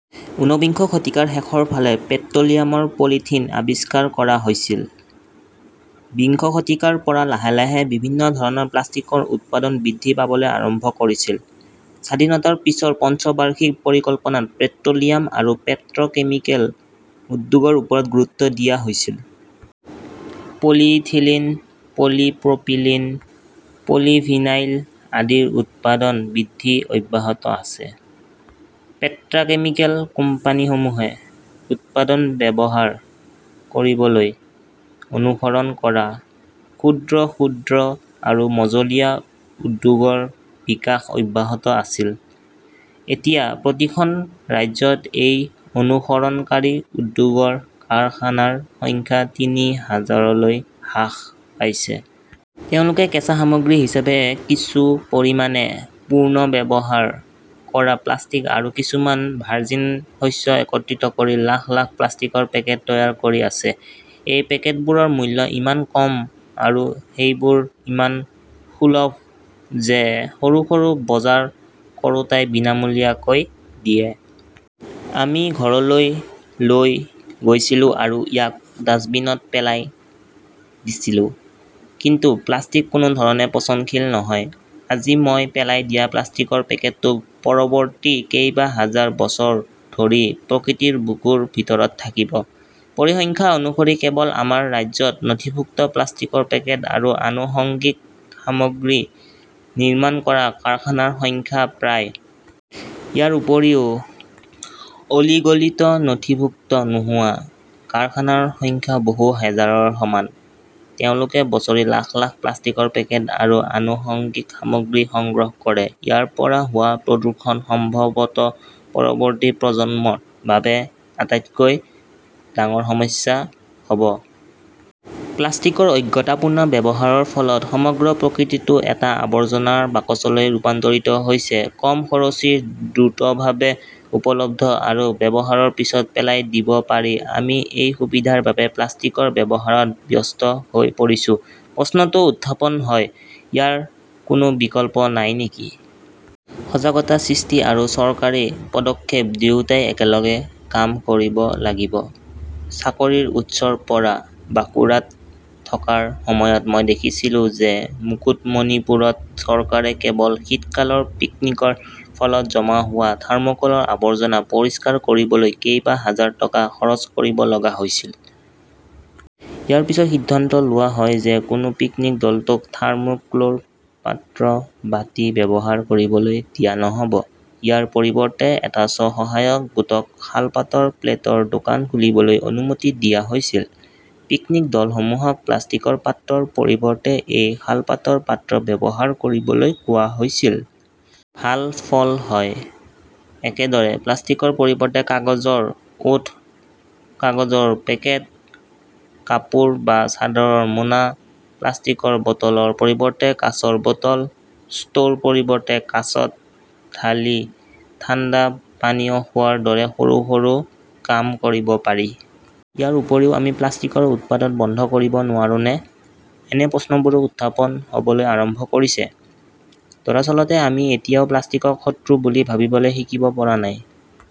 ঊনবিংশ শতিকাৰ শেষৰ ফালে পেট্ৰ'লিয়ামৰ পলিথিন আৱিষ্কাৰ কৰা হৈছিল। বিংশ শতিকাৰ পৰা লাহে - লাহে বিভিন্ন ধৰণৰ প্লাষ্টিকৰ উৎপাদন বৃদ্ধি পাবলৈ আৰম্ভ কৰিছিল। স্বাধীনতাৰ পিছৰ পঞ্চবাৰ্ষিক পৰিকল্পনাত পেট্ৰ'লিয়াম আৰু পেট্ৰ'কেমিকেল উদ্যোগৰ ওপৰত গুৰুত্ব দিয়া হৈছিল। পলিইথিলিন, পলিপ্ৰপিলিন, পলিভিনাইল আদিৰ উৎপাদন বৃদ্ধি অব্যাহত আছে। পেট্ৰাকেমিকেল কোম্পানীসমূহে উৎপাদন ব্যৱহাৰ কৰিবলৈ অনুসৰণ কৰা ক্ষুদ্ৰ-ক্ষুদ্ৰ আৰু মজলীয়া উদ্যোগৰ বিকাশ অব্যাহত আছিল। এতিয়া প্ৰতিখন ৰাজ্যত এই অনুসৰণকাৰী উদ্যোগৰ কাৰখানাৰ সংখ্যা তিনি হাজাৰলৈ হ্ৰাস পাইছে। তেওঁলোকে কেঁচা সামগ্ৰী হিচাপে কিছু পৰিমাণে পুনৰ্ব্যৱহাৰ কৰা প্লাষ্টিক আৰু কিছুমান ভাৰ্জিন শস্য একত্ৰিত কৰি লাখ - লাখ প্লাষ্টিকৰ পেকেট তৈয়াৰ কৰি আছে। এই পেকেটবোৰৰ মূল্য ইমান কম আৰু সেইবোৰ ইমান সুলভ যে সৰু সৰু বজাৰ কৰোঁতাই বিনামূলীয়াকৈ দিয়ে। আমি ঘৰলৈ লৈ গৈছিলো আৰু ইয়াক ডাম্পবিনত পেলাই দিছিলো। কিন্তু প্লাষ্টিক কোনো ধৰণে পচনশীল নহয়। আজি মই পেলাই দিয়া প্লাষ্টিকৰ পেকেটটো পৰৱৰ্তী কেইবাহাজাৰ বছৰ ধৰি প্ৰকৃতিৰ বুকুৰ ভিতৰত থাকিব। পৰিসংখ্যা অনুসৰি, কেৱল আমাৰ ৰাজ্যত নথিভুক্ত প্লাষ্টিকৰ পেকেট আৰু আনুষংগিক সামগ্ৰী নিৰ্মাণ কৰা কাৰখানাৰ সংখ্যা প্ৰায়। ইয়াৰ উপৰিও, অলিগলীত নথিভুক্ত নোহোৱা কাৰখানাৰ সংখ্যা বহু হাজাৰৰ সমান। তেওঁলোকে বছৰি লাখ লাখ প্লাষ্টিকৰ পেকেট আৰু আনুষঙ্গিক সামগ্ৰী সংগ্ৰহ কৰে। ইয়াৰ পৰা হোৱা প্ৰদূষণ সম্ভৱত পৰৱৰ্তী প্ৰজন্মৰ বাবে আটাইতকৈ ডাঙৰ সমস্যা হ'ব। প্লাষ্টিকৰ অজ্ঞতাপূৰ্ণ ব্যৱহাৰৰ ফলত সমগ্ৰ প্ৰকৃতিটো এটা আৱৰ্জনাৰ বাকচলৈ ৰূপান্তৰিত হৈছে। কম খৰচী, দ্ৰুতভাৱে উপলব্ধ আৰু ব্যৱহাৰৰ পিছত পেলাই দিব পাৰি আমি এই সুবিধাৰ বাবে প্লাষ্টিকৰ ব্যৱহাৰত ব্যস্ত হৈ পৰিছো। প্ৰশ্নটো উত্থাপন হয়, ইয়াৰ কোনো বিকল্প নাই নেকি? সজাগতা সৃষ্টি আৰু চৰকাৰী পদক্ষেপ দুয়োটাই একেলগে কাম কৰিব লাগিব। চাকৰিৰ উৎসৰ পৰা বাকুড়াত থকাৰ সময়ত, মই দেখিছিলো যে মুকুটমণিপুৰত চৰকাৰে কেৱল শীতকালৰ পিকনিকৰ ফলত জমা হোৱা থাৰ্মকলৰ আৱৰ্জনা পৰিষ্কাৰ কৰিবলৈ কেইবা হাজাৰ টকা খৰচ কৰিব লগা হৈছিল। ইয়াৰ পিছত সিদ্ধান্ত লোৱা হয় যে কোনো পিকনিক দলটোক থাৰ্মোক্লৰ পাত্ৰ, বাটি ব্যৱহাৰ কৰিবলৈ দিয়া নহ'ব। ইয়াৰ পৰিৱৰ্তে, এটা স্ব-সহায়ক গোটক শালপাতৰ প্লেটৰ দোকান খুলিবলৈ অনুমতি দিয়া হৈছিল। পিকনিক দলসমূহক প্লাষ্টিকৰ পাত্ৰৰ পৰিৱৰ্তে এই শালপাতৰ পাত্ৰ ব্যৱহাৰ কৰিবলৈ কোৱা হৈছিল। ভাল ফল হয়। একেদৰে, প্লাষ্টিকৰ পৰিৱৰ্তে কাগজৰ ওঁঠ, কাগজৰ পেকেট, কাপোৰ বা চাদৰৰ মোনা, প্লাষ্টিকৰ বটলৰ পৰিৱৰ্তে কাঁচৰ বটল, ষ্ট্ৰৰ পৰিৱৰ্তে কাঁচত ঢালি ঠাণ্ডা পানীয় খোৱাৰ দৰে সৰু - সৰু কাম কৰিব পাৰি। ইয়াৰ উপৰিও, আমি প্লাষ্টিকৰ উৎপাদন বন্ধ কৰিব নোৱাৰোনে? এনে প্ৰশ্নবোৰো উত্থাপন হ'বলৈ আৰম্ভ কৰিছে। দৰাচলতে আমি এতিয়াও প্লাষ্টিকক শত্ৰু বুলি ভাবিবলৈ শিকিব পৰা নাই।